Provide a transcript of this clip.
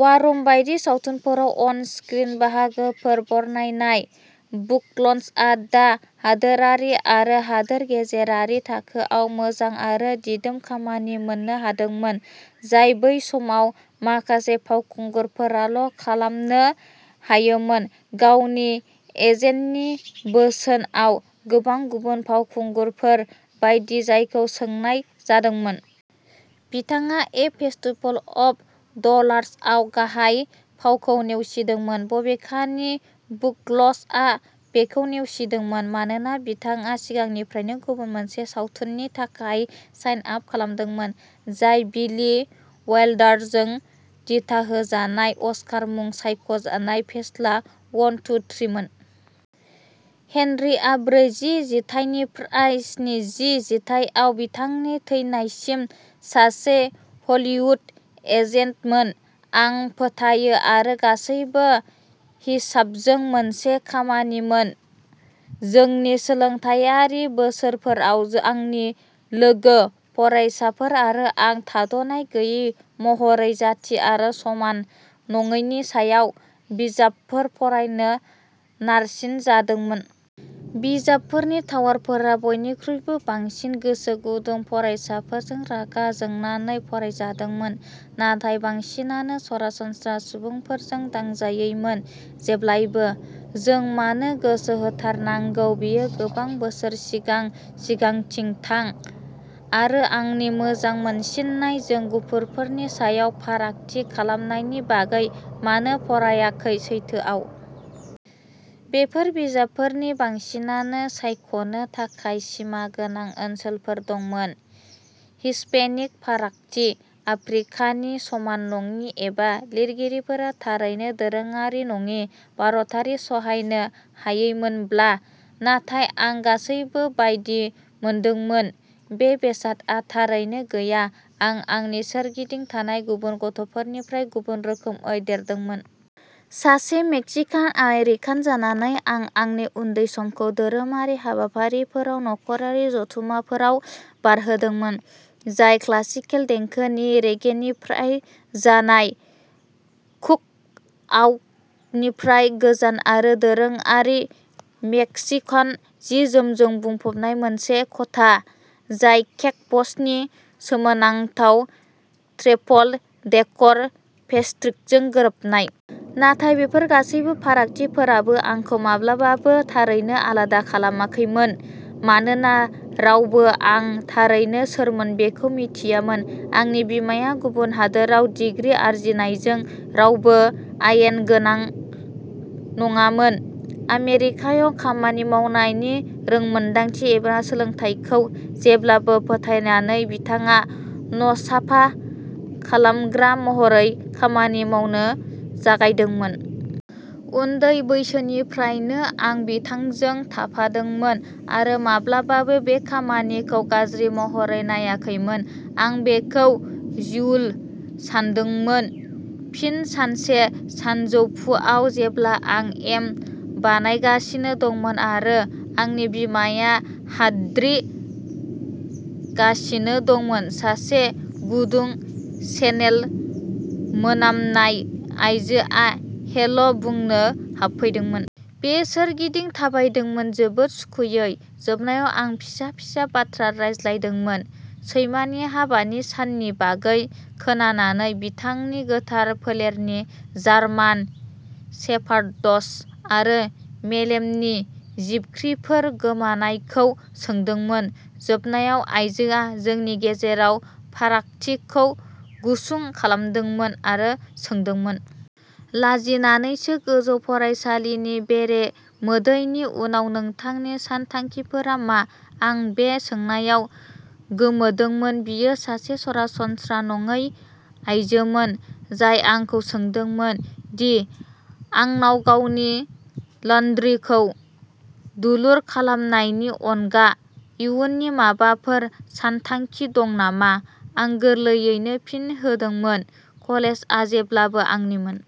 वारुम बायदि सावथुनफोराव on screen बाहागोफोर बरनायनाय। बुख'ल्जआ दा हादोरारि आरो हादोर गेजेरारि थाखोआव मोजां आरो दिदोम खामानि मोननो हादोंमोन। जाय बै समाव माखासे फावखुंगुरफोराल' खालामनो हायोमोन। गावनि एजेन्टनि बोसोनआव गोबां गुबुन फावखुंगुरफोर बायदि जायखौ सोंनाय जादोंमोन। बिथाङा ए फिस्टफुल अफ डलार्सआव गाहाय फावखौ नेवसिदोंमोन। बबेखानि बुख'ल्जआ बेखौ नेवसिदोंमोन। मानोना बिथाङा सिगांनिफ्रायनो गुबुन मोनसे सावथुननि थाखाय साइन आप खालामदोंमोन। जाय बिली वाइल्डारजों दिथाहोजानाय अस्कार मुं सायख' जानाय फेस्ला वन, टु, थ्रीमोन। हेनरीआ ब्रैजि जिथाइनिफ्राय स्निजि जिथाइआव बिथांनि थैनायसिम सासे हलीवुड एजेन्टमोन। आं फोथायो आरो गासैबो हिसाबजों मोनसे खामानिमोन। जोंनि सोलोंथायारि बोसोरफोराव आंनि लोगो फरायसाफोर आरो आं थाद'नाय गैयै महरै जाथि आरो समान नङैनि सायाव बिजाबफोर फरायनो नारसिनजादोंमोन। बिजाबफोरनि टावारफोरा बयनिख्रुइबो बांसिन गोसोगुदुं फरायसाफोरजों रागा जोंनानै फरायजादोंमोन। नाथाय बांसिनानो सरासनस्रा सुबुंफोरजों दांजायैमोन। जेब्लाबो। जों मानो गोसो होथारनांगौ। बेयो गोबां बोसोर सिगां सिगांथिं थां। आरो आंनि मोजां मोनसिननाय जों गुफुरफोरनि सायाव फारागथि खालामनायनि बागै मानो फरायाखै सैथोआव। बेफोर बिजाबफोरनि बांसिनानो सायख'नो थाखाय सिमा गोनां ओनसोलफोर दंमोन। हिस्पेनिक फारागथि। आफ्रिकानि समान नङि एबा लिरगिरिफोरा थारैनो दोरोङारि नङि भारतारि सहायनो हायैमोनब्ला। नाथाय आं गासैबो बायदि मोनदोंमोन। बे बेसादआ थारैनो गैया। आं आंनि सोरगिदिं थानाय गुबुन गथ'फोरनिफ्राय गुबुन रोखोमै देरदोंमोन। सासे मेक्सिकान आमेरिकान जानानै आं आंनि उन्दै समखौ धोरोमारि हाबाफारिफोराव नखरारि जथुमफोराव बारहोदोंमोन। जाय क्लासिकेल देंखोनि रेगेनिफ्राय जानाय कुकआउटनिफ्राय गोजान आरो दोरोङारि मेक्सिकान जि-जोमफोरजों बुंफबनाय मोनसे खथा। जाय केक बसनि सोमोनांथाव ट्रिपल-डेकर पेस्ट्रीजों गोरोबनाय। नाथाय बेफोर गासैबो फारागथिफोराबो आंखौ माब्लाबाबो थारैनो आलादा खालामाखैमोन। मानोना रावबो आं थारैनो सोरमोन बेखौ मिथियामोन। आंनि बिमाया गुबुन हादोराव डिग्री आरजिनायजों रावबो आयेन गोनां नङामोन। आमेरिकायाव खामानि मावनायनि रोंमोनदांथि एबा सोलोंथाइखौ जेब्लाबो फोथायनानै बिथाङा न'साफा खालामग्रा महरै खामानि मावनो जागायदोंमोन। उन्दै बैसोनिफ्रायनो आं बिथांजों थाफादोंमोन आरो माब्लाबाबो बे खामानिखौ गाज्रि महरै नायाखैमोन। आं बेखौ जिउल' सानदोंमोन। फिन सानसे सानजौफुआव जेब्ला आं एम बानायगासिनो दंमोन आरो आंनि बिमाया हाद्रि गासिनो दंमोन। सासे गुदुं चेनेल मोनामनाय आयजोआ हेल' बुंनो हाबफैदोंमोन। बियो सोरगिदिं थाबायदोंमोन। जोबोद सुखुयै। जोबनायाव आं फिसा-फिसा बाथ्रा रायज्लायदोंमोन। सैमानि हाबानि साननि बागै खोनानानै बिथांनि गोथार फोलेरनि जार्मान सेफारडस आरो मेलेमनि जिबख्रिफोर गोमानायखौ सोंदोंमोन। जोबनायाव आइजोआ जोंनि गेजेराव फारागथिखौ गुसुं खालामदोंमोन आरो सोंदोंमोन। लाजिनानैसो गोजौ फरायसालिनि बेरे मोदैनि उनाव नोंथांनि सानथांखिफोरा मा? आं बे सोंनायाव गोमोदोंमोन। बियो सासे सरासनस्रा नङै आइजोमोन। जाय आंखौ सोंदोंमोन दि आंनाव गावनि लानड्रिखौ दुलुर खालामनायनि अनगा इयुननि माबाफोर सानथांखि दं नामा। आं गोरलैयैनो फिन होदोंमोन। कलेजआ जेब्लाबो आंनिमोन।